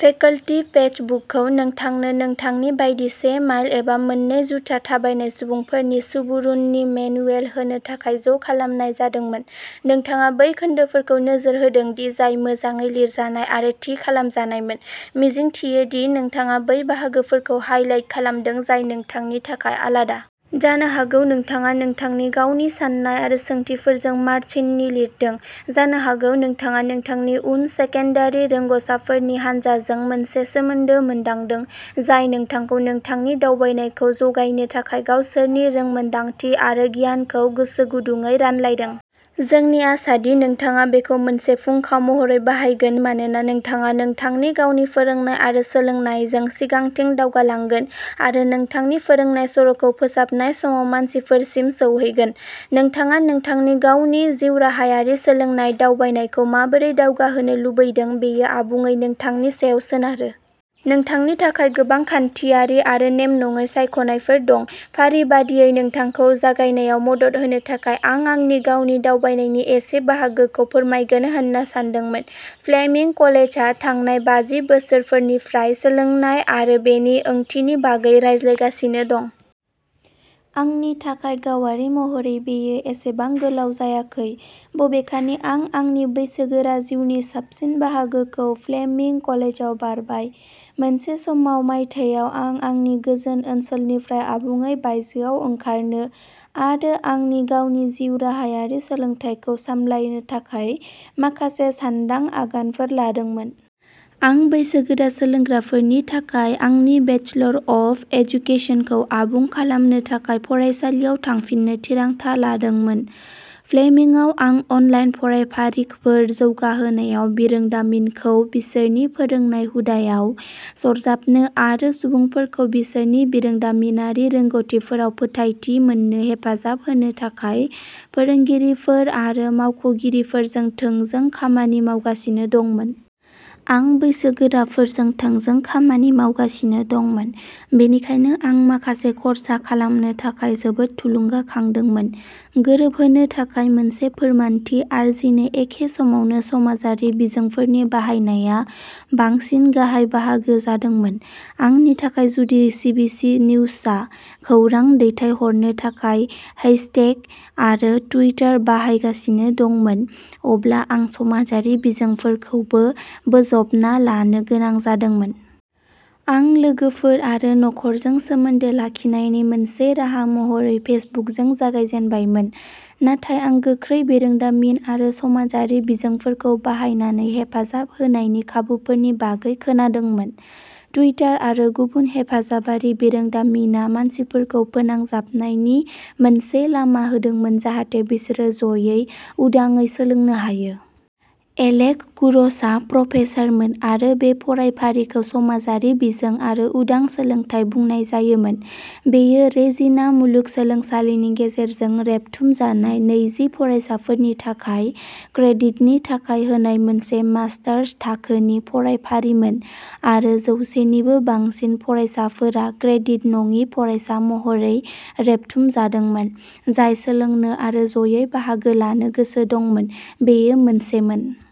Faculty पैचबुकखौ नोंथांनो नोंथांनि बायदि से माइल एबा मोननै जुथा थाबायनाय सुबुंफोरनि सुबुरुननि मेनुएल होनो थाखाय ज'खालामनाय जादोंमोन। नोंथाङा बै खोन्दोफोरखौ नोजोर होदोंदि जाय मोजाङै लिरजानाय आरो थि खालामजानायमोन, मिजिंथियो दि नोंथाङा बै बाहागोफोरखौ हाइलाइट खालामदों जाय नोंथांनि थाखाय आलादा। जानो हागौ नोंथाङा नोंथांनि गावनि साननाय आरो सोंथिफोरजों 'मार्जिनआव लिरदों'। जानो हागौ नोंथाङा नोंथांनि उन सेकेन्डारि रोंग'सारफोरनि हान्जाजों मोनसे सोमोन्दो मोनदांदों, जाय नोंथांखौ नोंथांनि दावबायनायखौ जागायनो थाखाय गावसोरनि रोंमोनदांथि आरो गियानखौ गोसोगुदुंयै रानलायदों। जोंनि आसा दि नोंथाङा बेखौ मोनसे फुंखा महरै बाहायगोन मानोना नोंथाङा नोंथांनि गावनि फोरोंनाय आरो सोलोंनायजों सिगांथिं दावगालांगोन आरो नोंथांनि फोरोंनाय सर'खौ फोसाबनाय समाव मानसिफोरसिम सौहैगोन। नोंथाङा नोंथांनि गावनि जिउराहायारि सोलोंनाय दावबायनायखौ माबोरै दावगाहोनो लुबैदों बेयो आबुङै नोंथांनि सायाव सोनारो। नोंथांनि थाखाय गोबां खान्थियारि आरो नेम नङै सायख'नायफोर दं। फारि बायदियै नोंथांखौ जागायनायाव मदद होनो थाखाय आं आंनि गावनि दावबायनायनि एसे बाहागोखौ फोरमायगोन होनना सानदोंमोन। फ्लेमिंग कलेजआ थांनाय बाजि बोसोरफोरनिफ्राय सोलोंनाय आरो बेनि ओंथिनि बागै रायज्लायगासिनो दं। आंनि थाखाय गावारि महरै बेयो एसेबां गोलाव जायाखै, बबेखानि आं आंनि बैसोगोरा जिउनि साबसिन बाहागोखौ फ्लेमिंग कलेजाव बारबाय। मोनसे समाव मायथाइयाव आं आंनि गोजोन ओनसोलनिफ्राय आबुङै बायजोआव ओंखारनो आरो आंनि गावनि जिउ राहायारि सोलोंथाइखौ सामलायनो थाखाय माखासे सान्दां आगानफोर लादोंमोन। आं बैसोगोरा सोलोंग्राफोरनि थाखाय आंनि बेचलर अफ एजुकेसनखौ आबुं खालामनो थाखाय फरायसालियाव थांफिननो थिरांथा लादोंमोन। फ्लेमिंगआव आं अनलाइन फरायफारिफोर जौगाहोनायाव बिरोंदामिनखौ बिसोरनि फोरोंनाय हुदाआव सरजाबनो आरो सुबुंफोरखौ बिसोरनि बिरोंदामिनारि रोंग'थिफोराव फोथायथि मोननो हेफाजाब होनो थाखाय फोरोंगिरिफोर आरो मावख'गिरिफोरजों थोंजों खामानि मावगासिनो दंमोन। आं बैसोगोराफोरजों थोंजों खामानि मावगासिनो दंमोन, बेनिखायनो आं माखासे खर्सा खालामनो थाखाय जोबोद थुलुंगाखांदोंमोन। गोरोबहोनो थाखाय मोनसे फोरमानथि आरजिनो एखे समावनो समाजारि बिजोंफोरनि बाहायनाया बांसिन गाहाय बाहागो जादोंमोन। आंनि थाखाय जुदि सिबिसि निउसआ खौरां दैथायहरनो थाखाय हैशटेग आरो टुइटार बाहायगासिनो दंमोन, अब्ला आं समाजारि बिजोंफोरखौबो बोजबना लानो गोनां जादोंमोन। आं लोगोफोर आरो नखरजों सोमोन्दो लाखिनायनि मोनसे राहा महरै फेसबुकजों जागायजेनबायमोन, नाथाय आं गोख्रै बिरोंदामिन आरो समाजारि बिजोंफोरखौ बाहायनानै हेफाजाब होनायनि खाबुफोरनि बागै खोनादोंमोन। टुइटार आरो गुबुन हेफाजाबारि बिरोंदामिनआ मानसिफोरखौ फोनांजाबनायनि मोनसे लामा होदोंमोन जाहाथे बिसोरो जयै, उदाङै सोलोंनो हायो। एलेक कुर'सआ प्रफेसारमोन आरो बे फरायफारिखौ समाजारि बिजों आरो उदां सोलोंथाय बुंनाय जायोमोन । बेयो रेजिना मुलुगसोलोंसालिनि गेजेरजों रेबथुमजानाय नैजि फरायसाफोरनि थाखाय क्रेडिटनि थाखाय होनाय मोनसे मास्टार्स थाखोनि फरायफारिमोन आरो जौसे निबो बांसिन फरायसाफोरा क्रेडिट नङि फरायसा महरै रेबथुमजादोंमोन जाय सोलोंनो आरो ज'यै बाहागो लानो गोसो दंमोन। बेयो मोनसेमोन।